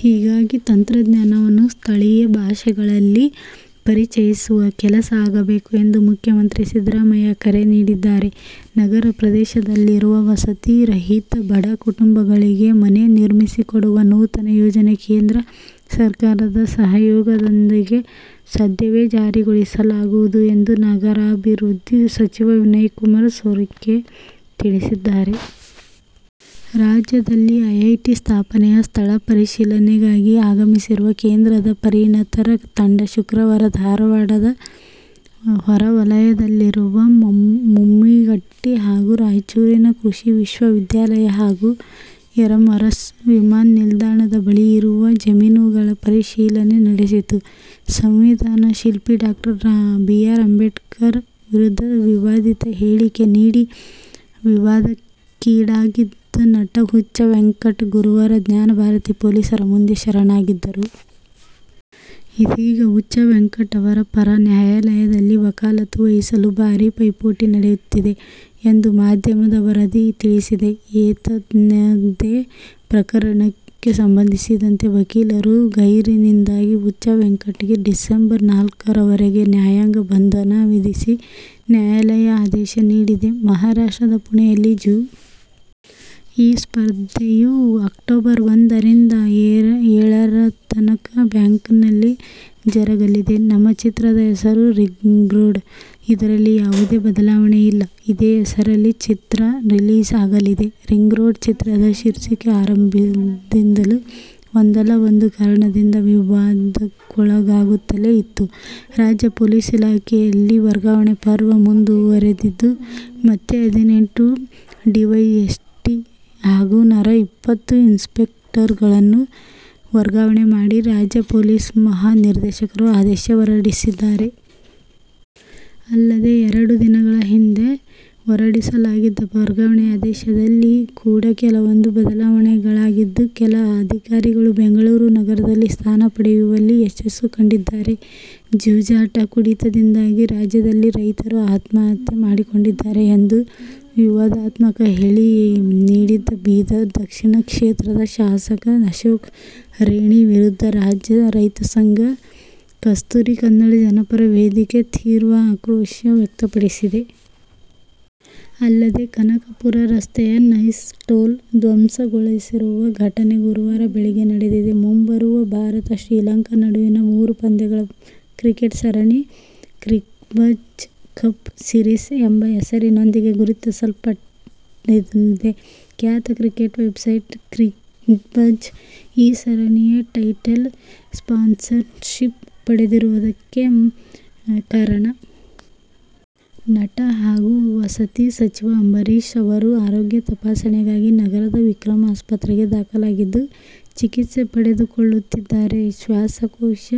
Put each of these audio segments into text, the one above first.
ಹೀಗಾಗಿ ತಂತ್ರಜ್ಞಾನವನ್ನು ಸಹ ಸ್ಥಳೀಯ ಭಾಷೆಗಳಲ್ಲಿ ಪರಿಚಯಿಸುವ ಕೆಲಸ ಆಗಬೇಕು ಎಂದು ಮುಖ್ಯಮಂತ್ರಿ ಸಿದ್ದರಾಮಯ್ಯ ಕರೆ ನೀಡಿದ್ದಾರೆ. ನಗರ ಪ್ರದೇಶದಲ್ಲಿರುವ ವಸತಿ ರಹಿತ ಬಡ ಕುಟುಂಬಗಳಿಗೆ ಮನೆ ನಿರ್ಮಿಸಿಕೊಡುವ ನೂತನ ಯೋಜನೆ ಕೇಂದ್ರ ಸರ್ಕಾರದ ಸಹಯೋಗದೊಂದಿಗೆ ಸದ್ಯವೇ ಜಾರಿಗೊಳಿಸ ಲಾಗುವುದು ಎಂದು ನಗರಾಭಿವೃದ್ಧಿ ಸಚಿವ ವಿನಯಕುಮಾರ್ ಸೊರಕೆ ತಿಳಿಸಿದ್ದಾರೆ. ರಾಜ್ಯದಲ್ಲಿ ಐಐಟಿ ಸ್ಥಾಪನೆಯ ಸ್ಥಳ ಪರಿಶೀಲನೆಗಾಗಿ ಆಗಮಿಸಿರುವ ಕೇಂದ್ರದ ಪರಿಣತರ ತಂಡ ಶುಕ್ರವಾರ ಧಾರವಾಡ ಹೊರವಲಯದಲ್ಲಿರುವ ಮುಮ್ಮಿಗಟ್ಟಿ ಹಾಗೂ ರಾಯಚೂರಿನ ಕೃಷಿ ವಿಶ್ವವಿದ್ಯಾಲಯ ಹಾಗೂ ಯರಮರಸ್ ವಿಮಾನ ನಿಲ್ದಾಣದ ಬಳಿ ಇರುವ ಜಮೀನುಗಳ ಪರಿಶೀಲನೆ ನಡೆಸಿತು. ಸಂವಿಧಾನ ಶಿಲ್ಪಿ ಡಾ. ಬಿ. ಆರ್. ಅಂಬೇಡ್ಕರ್ ವಿರುದ್ಧ ವಿವಾದಿತ ಹೇಳಿಕೆ ನೀಡಿ ವಿವಾದಕ್ಕೀಡಾಗಿದ್ದ ನಟ ಹುಚ್ಚ ವೆಂಕಟ್ ಗುರುವಾರ ಜ್ಞಾನಭಾರತಿ ಪೊಲೀಸರ ಮುಂದೆ ಶರಣಾಗಿದ್ದರು. ಇದೀಗ ಹುಚ್ಚ ವೆಂಕಟ್ ಅವರ ಪರ ನ್ಯಾಯಾಲಯದಲ್ಲಿ ವಕಾಲತ್ತು ವಹಿಸಲು ಭಾರೀ ಪೈಪೋಟಿ ನಡೆಯುತ್ತಿದೆ ಎಂದು ಮಾಧ್ಯಮದ ವರದಿ ತಿಳಿಸಿದೆ. ಏತನ್ಮಧ್ಯೆ ಪ್ರಕರಣಕ್ಕೆ ಸಂಬಂಧಿಸಿದಂತೆ ವಕೀಲರು ಗೈರಿನಿಂದಾಗಿ ಹುಚ್ಚ ವೆಂಕಟ್ ಗೆ ಡಿಸೆಂಬರ್ ನಾಲ್ಕರವರೆಗೆ ನ್ಯಾಯಾಂಗ ಬಂಧನ ವಿಧಿಸಿ ನ್ಯಾಯಾಲಯ ಆದೇಶ ನೀಡಿದೆ. ಮಹಾರಾಷ್ಟ್ರದ ಪುಣೆಯಲ್ಲಿ ಜು. ಈ ಸ್ಪರ್ಧೆಯು ಅಕ್ಟೋಬರ್ ಒಂದರಿಂದ ಏಳರತನಕ ಬ್ಯಾಂಕಾಂಕ್ನಲ್ಲಿ ಜರಗಲಿದೆ. ನಮ್ಮ ಚಿತ್ರದ ಹೆಸರು ರಿಂಗ್ರೋಡ್. ಇದರಲ್ಲಿ ಯಾವುದೇ ಬದಲಾವಣೆ ಇಲ್ಲ. ಇದೇ ಹೆಸರಲ್ಲೇ ಚಿತ್ರ ರಿಲೀಸ್ ಆಗಲಿದೆ. ರಿಂಗ್ರೋಡ್' ಚಿತ್ರದ ಶೀರ್ಷಿಕೆ ಆರಂಭದಿಂದಲೂ ಒಂದಲ್ಲ ಒಂದು ಕಾರಣದಿಂದ ವಿವಾದಕ್ಕೊಳಗಾಗುತ್ತಲೇ ಇತ್ತು. ರಾಜ್ಯ ಪೊಲೀಸ್ ಇಲಾಖೆಯಲ್ಲಿ ವರ್ಗಾವಣೆ ಪರ್ವ ಮುಂದುವರೆದಿದ್ದು, ಮತ್ತೆ ಹದಿನೆಂಟು ಡಿವೈಎಸ್ಪಿ ಹಾಗೂ ನರ ಇಪ್ಪತ್ತು ಇನ್ಸ್ಪೆಕ್ಟರ್ಗಳನ್ನು ವರ್ಗಾವಣೆ ಮಾಡಿ ರಾಜ್ಯ ಪೊಲೀಸ್ ಮಹಾನಿರ್ದೇಶಕರು ಆದೇಶ ಹೊರಡಿಸಿದ್ದಾರೆ. ಅಲ್ಲದೆ, ಎರಡು ದಿನಗಳ ಹಿಂದೆ ಹೊರಡಿಸಲಾಗಿದ್ದ ವರ್ಗಾವಣೆ ಆದೇಶದಲ್ಲಿ ಕೂಡ ಕೆಲವೊಂದು ಬದಲಾವಣೆಗಳಾಗಿದ್ದು, ಕೆಲ ಅಧಿಕಾರಿಗಳು ಬೆಂಗಳೂರು ನಗರದಲ್ಲಿ ಸ್ಥಾನ ಪಡೆಯುವಲ್ಲಿ ಯಶಸ್ಸು ಕಂಡಿದ್ದಾರೆ. ಜೂಜಾಟ, ಕುಡಿತದಿಂದಾಗಿ ರಾಜ್ಯದಲ್ಲಿ ರೈತರು ಆತ್ಮಹತ್ಯೆ ಮಾಡಿಕೊಂಡಿದ್ದಾರೆ ಎಂದು ವಿವಾದಾತ್ಮಕ ಹೇಳಿಕೆ ನೀಡಿದ್ದ ಬೀದರ್ ದಕ್ಷಿಣ ಕ್ಷೇತ್ರದ ಶಾಸಕ ಅಶೋಕ್ ಖೇಣಿ ವಿರುದ್ಧ ರಾಜ್ಯ ರೈತಸಂಘ, ಕಸ್ತೂರಿ ಕನ್ನಡ ಜನಪರ ವೇದಿಕೆ ತೀವ್ರ ಆಕ್ರೋಶ ವ್ಯಕ್ತಪಡಿಸಿದೆ. ಅಲ್ಲದೇ ಕನಕಪುರ ರಸ್ತೆಯ ನೈಸ್ ಟೋಲ್ ಧ್ವಂಸಗೊಳಿಸಿರುವ ಘಟನೆ ಗುರುವಾರ ಬೆಳಗ್ಗೆ ನಡೆದಿದೆ. ಮುಂಬರುವ ಭಾರತ-ಶ್ರೀಲಂಕಾ ನಡುವಿನ ಮೂರು ಪಂದ್ಯಗಳ ಕ್ರಿಕೆಟ್ ಸರಣಿ "ಕ್ರಿಕ್ಬಝ್ ಕಪ್ ಸೀರೀಸ್' ಎಂಬ ಹೆಸರಿನೊಂದಿಗೆ ಗುರುತಿಸಲ್ಪಡಲಿದೆ. ಖ್ಯಾತ ಕ್ರಿಕೆಟ್ ವೆಬ್ಸೈಟ್ "ಕ್ರಿಕ್ಬಝ್' ಈ ಸರಣಿಯ ಟೈಟಲ್ ಸ್ಪಾನ್ಸರ್ಶಿಪ್ ಪಡೆದಿರುವುದೇ ಇದಕ್ಕೆ ಕಾರಣ. ನಟ ಹಾಗೂ ವಸತಿ ಸಚಿವ ಅಂಬರೀಶ್ ಅವರು ಆರೋಗ್ಯ ತಪಾಸಣೆಗಾಗಿ ನಗರದ ವಿಕ್ರಂ ಆಸ್ಪತ್ರೆಗೆ ದಾಖಲಾಗಿದ್ದು, ಚಿಕಿತ್ಸೆ ಪಡೆದುಕೊಳ್ಳುತ್ತಿದ್ದಾರೆ. ಶ್ವಾಸಕೋಶ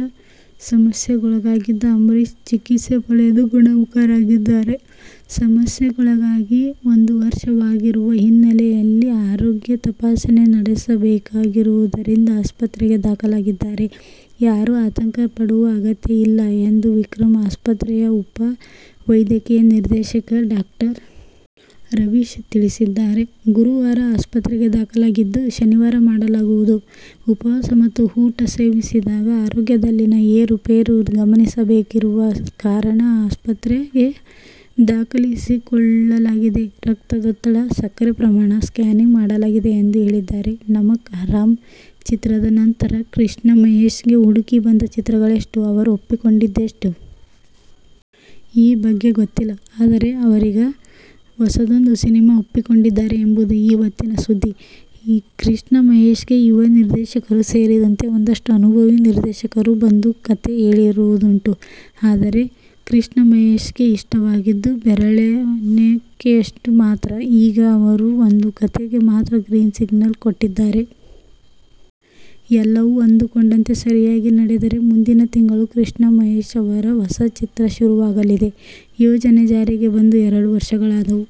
ಸಮಸ್ಯೆಗೊಳಗಾಗಿದ್ದ ಅಂಬರೀಶ್ ಚಿಕಿತ್ಸೆ ಪಡೆದು ಗುಣಮುಖರಾಗಿದ್ದಾರೆ. ಸಮಸ್ಯೆಗೊಳಗಾಗಿ ಒಂದು ವರ್ಷವಾಗಿರುವ ಹಿನ್ನೆಲೆಯಲ್ಲಿ ಆರೋಗ್ಯ ತಪಾಸಣೆ ನಡೆಸಬೇಕಾಗಿರುವುದರಿಂದ ಆಸ್ಪತ್ರೆಗೆ ದಾಖಲಾಗಿದ್ದಾರೆ. ಯಾರೂ ಆತಂಕ ಪಡುವ ಅಗತ್ಯ ಇಲ್ಲ ಎಂದು ವಿಕ್ರಂ ಆಸ್ಪತ್ರೆಯ ಉಪ ವೈದ್ಯಕೀಯ ನಿರ್ದೇಶಕ ಡಾ. ರವೀಶ್ ತಿಳಿಸಿದ್ದಾರೆ. ಗುರುವಾರ ಆಸ್ಪತ್ರೆಗೆ ದಾಖಲಾಗಿದ್ದು, ಶನಿವಾರ ಮಾಡಲಾಗುವುದು. ಉಪವಾಸ ಮತ್ತು ಊಟ ಸೇವಿಸಿದಾಗ ಆರೋಗ್ಯದಲ್ಲಿನ ಏರುಪೇರು ಗಮನಿಸಬೇಕಿರುವ ಕಾರಣ ಆಸ್ಪತ್ರೆಗೆ ದಾಖಲಿಸಿಕೊಳ್ಳಲಾಗಿದೆ. ರಕ್ತದೊತ್ತಡ, ಸಕ್ಕರೆ ಪ್ರಮಾಣ, ಸ್ಕ್ಯಾನಿಂಗ್ ಮಾಡಲಾಗಿದೆ ಎಂದು ಹೇಳಿದ್ದಾರೆ. ನಮಕ್ ಹರಾಮ್ ಚಿತ್ರದ ನಂತರ ಕೃಷ್ಣಮಹೇಶ್ಗೆ ಹುಡುಕಿ ಬಂದ ಚಿತ್ರಗಳೆಷ್ಟು? ಅವರು ಒಪ್ಪಿಕೊಂಡಿದ್ದೆಷ್ಟು? ಈ ಬಗ್ಗೆ ಗೊತ್ತಿಲ್ಲ. ಆದರೆ, ಅವರೀಗ ಹೊಸದೊಂದು ಸಿನಿಮಾ ಒಪ್ಪಿಕೊಂಡಿದ್ದಾರೆ ಎಂಬುದು ಈ ಹೊತ್ತಿನ ಸುದ್ದಿ. ಕೃಷ್ಣಮಹೇಶ್ಗೆ ಯುವ ನಿರ್ದೇಶಕರು ಸೇರಿದಂತೆ ಒಂದಷ್ಟು ಅನುಭವಿ ನಿರ್ದೇಶಕರು ಬಂದು ಕಥೆ ಹೇಳಿರುವುದುಂಟು. ಆದರೆ, ಕೃಷ್ಣಮಹೇಶ್ಗೆ ಇಷ್ಟವಾಗಿದ್ದು, ಬೆರಳೆಣಿಕೆಯಷ್ಟು ಮಾತ್ರ. ಈಗ ಅವರು ಒಂದು ಕಥೆಗೆ ಮಾತ್ರ ಗ್ರೀನ್ ಸಿಗ್ನಲ್ ಕೊಟ್ಟಿದ್ದಾರೆ. ಎಲ್ಲವೂ ಅಂದುಕೊಂಡಂತೆ ಸರಿಯಾಗಿ ನಡೆದರೆ ಮುಂದಿನ ತಿಂಗಳು ಕೃಷ್ಣ ಮಹೇಶ್ ಅವರ ಹೊಸ ಚಿತ್ರ ಶುರುವಾಗಲಿದೆ. ಯೋಜನೆ ಜಾರಿಗೆ ಬಂದು ಎರಡು ವರ್ಷಗಳಾದವು.